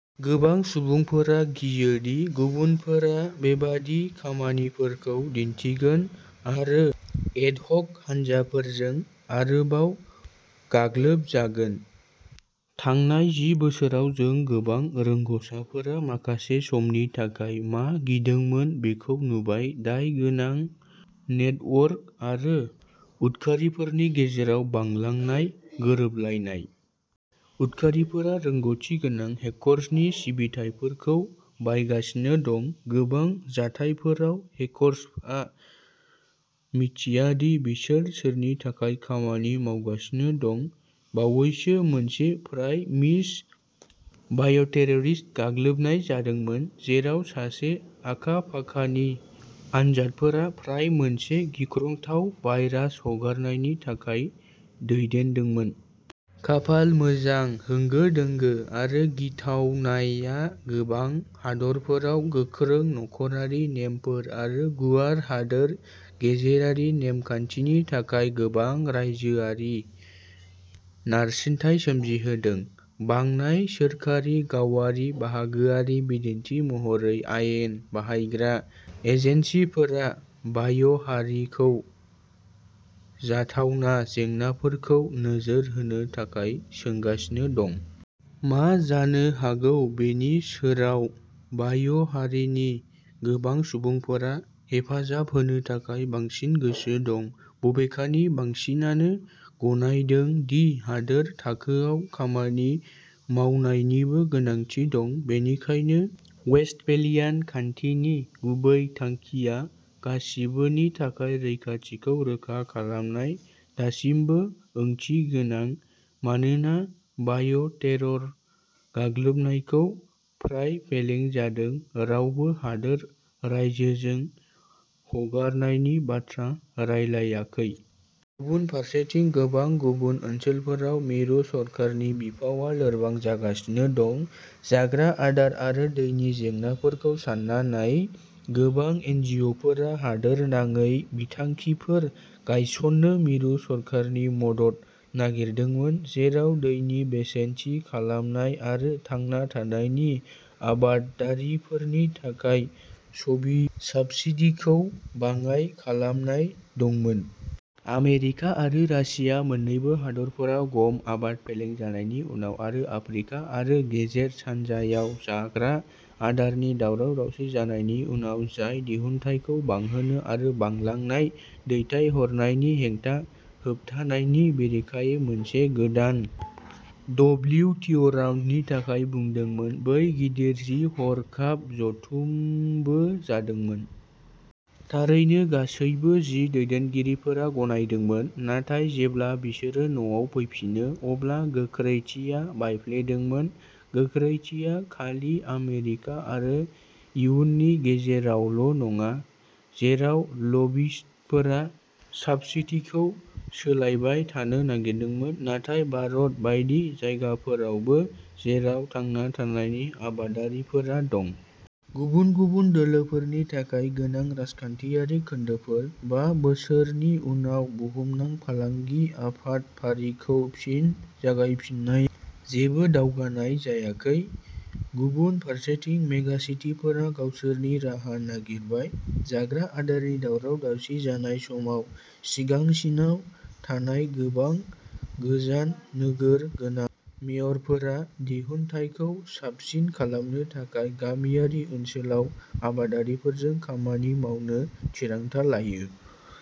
गोबां सुबुंफोरा गियो दि गुबुनफोरा बेबादि खामानिफोरखौ दिन्थिगोन आरो एडहक हानजाफोरजों आरोबाव गाग्लोबजागोन। थांनाय जि बोसोराव जों गोबां रोंग'साफोरा माखासे समनि थाखाय मा गिदोंमोन बेखौ नुबायः दायगोनां नेटवर्क आरो उदखारिफोरनि गेजेराव बांलांनाय गोरोबलायनाय। उदखारिफोरा रोंग'थिगोनां हेकर्सनि सिबिथायफोरखौ बायगासिनो दं। गोबां जाथायफोराव, हेकर्सआ मिन्थिया दि बिसोर सोरनि थाखाय खामानि मावगासिनो दं। बावैसो मोनसे फ्राय-मिस बाय'टेररिस्ट गाग्लोबनाय जादोंमोन, जेराव सासे आखा-फाखानि आनजादफोरा फ्राय मोनसे गिख्रंथाव भाइरास हगारनायनि थाखाय दैदेनदोंमोन। खाफाल मोजां, होंगो दोंगो आरो गिथावनाया गोबां हादोरफोराव गोख्रों नखरारि नेमफोर आरो गुवार हादोर गेजेरारि नेमखान्थिनि थाखाय गोबां रायजोआरि नारसिनथाय सोमजिहोदों। बांनाय सोरखारि-गावारि बाहागोआरिनि बिदिन्थि महरै, आयेन बाहायग्रा एजेन्सिफोरा बाय'हारिखौ जाथावना जेंनाफोरखौ नोजोर होनो थाखाय सोंगासिनो दं। मा जानो हागौ बेनि सोराव, बाय'हारिनि गोबां सुबुंफोरा हेफाजाब होनो थाखाय बांसिन गोसो दं। बबेखानि, बांसिनानो गनायदों दि हादोर थाखोआव खामानि मावनायनिबो गोनांथि दं। बेनिखायनो, वेस्टफेलियान खान्थिनि गुबै थांखिया गासिबोनि थाखाय रैखाथिखौ रोखा खालामनाय दासिमबो ओंथिगोनां मानोना बाय'टेरर गाग्लोबनायखौ फ्राय फेलें जादों, रावबो हादोर रायजोजों हगारनायनि बाथ्रा रायलायाखै। गुबुन फारसेथिं, गोबां गुबुन ओनसोलफोराव, मिरु सरकारनि बिफावआ लोरबां जागासिनो दं। जाग्रा आदार आरो दैनि जेंनाफोरखौ सान्ना नाय। गोबां एनजिअ'फोरा हादोरनाङै बिथांखिफोर गायसननो मिरु सरकारनि मदद नागिरदोंमोन, जेराव दैनि बेसेन थि खालामनाय आरो थांना थानायनि आबादारिफोरनि थाखाय सबि साब्सिडीखौ बाङाइ खालामनाय दंमोन। आमेरिका आरो रासिया मोन्नैबो हादोरफोराव गम आबाद फेलें जानायनि उनाव आरो आफ्रिका आरो गेजेर सानजायाव जाग्रा आदारनि दावराव-दावसि जानायनि उनाव-जाय दिहुनथायखौ बांहोनो आरो बांलांनाय दैथायहरनायनि हेंथा होबथानायनि बेरेखायै मोनसे गोदान डब्लिउटिअ'राउन्डनि थाखाय बुंदोंमोन-बै गिदिर जि- हरखाब जथुमबो जादोंमोन। थारैनो, गासैबो जि- दैदेनगिरिफोरा गनायदोंमोन, नाथाय जेब्ला बिसोरो न'आव फैफिनो, अब्ला गोख्रैथिया बायफ्लेदोंमोन। गोख्रैथिया खालि आमेरिका आरो इयुनि गेजेरावल'नङा, जेराव लबिस्टफोरा साब्सिडीखौ सोलिबाय थानो नागिरदोंमोन, नाथाय भारत बायदि जायगाफोरावबो जेराव थांना थानायनि आबादारिफोरा दं। गुबुन गुबुन दोलोफोरनि थाखाय गोनां राजखान्थियारि खोन्दोफोर। बा बोसोरनि उनाव बुहुमनां फालांगि आफाद फारिखौ फिन जागायफिन्नायाव जेबो दावगानाय जायाखै। गुबुन फारसेथिं, मेगासिटिफोरा गावसोरनि राहा नागिरबाय। जाग्रा आदारनि दावराव-दावसि जानाय समाव सिगांसिनाव थानाय गोबां गोजान नोजोर गोनां मेयरफोरा दिहुनथायखौ साबसिन खालामनो थाखाय गामियारि ओनसोलाव आबादारिफोरजों खामानि मावनो थिरांथा लायो।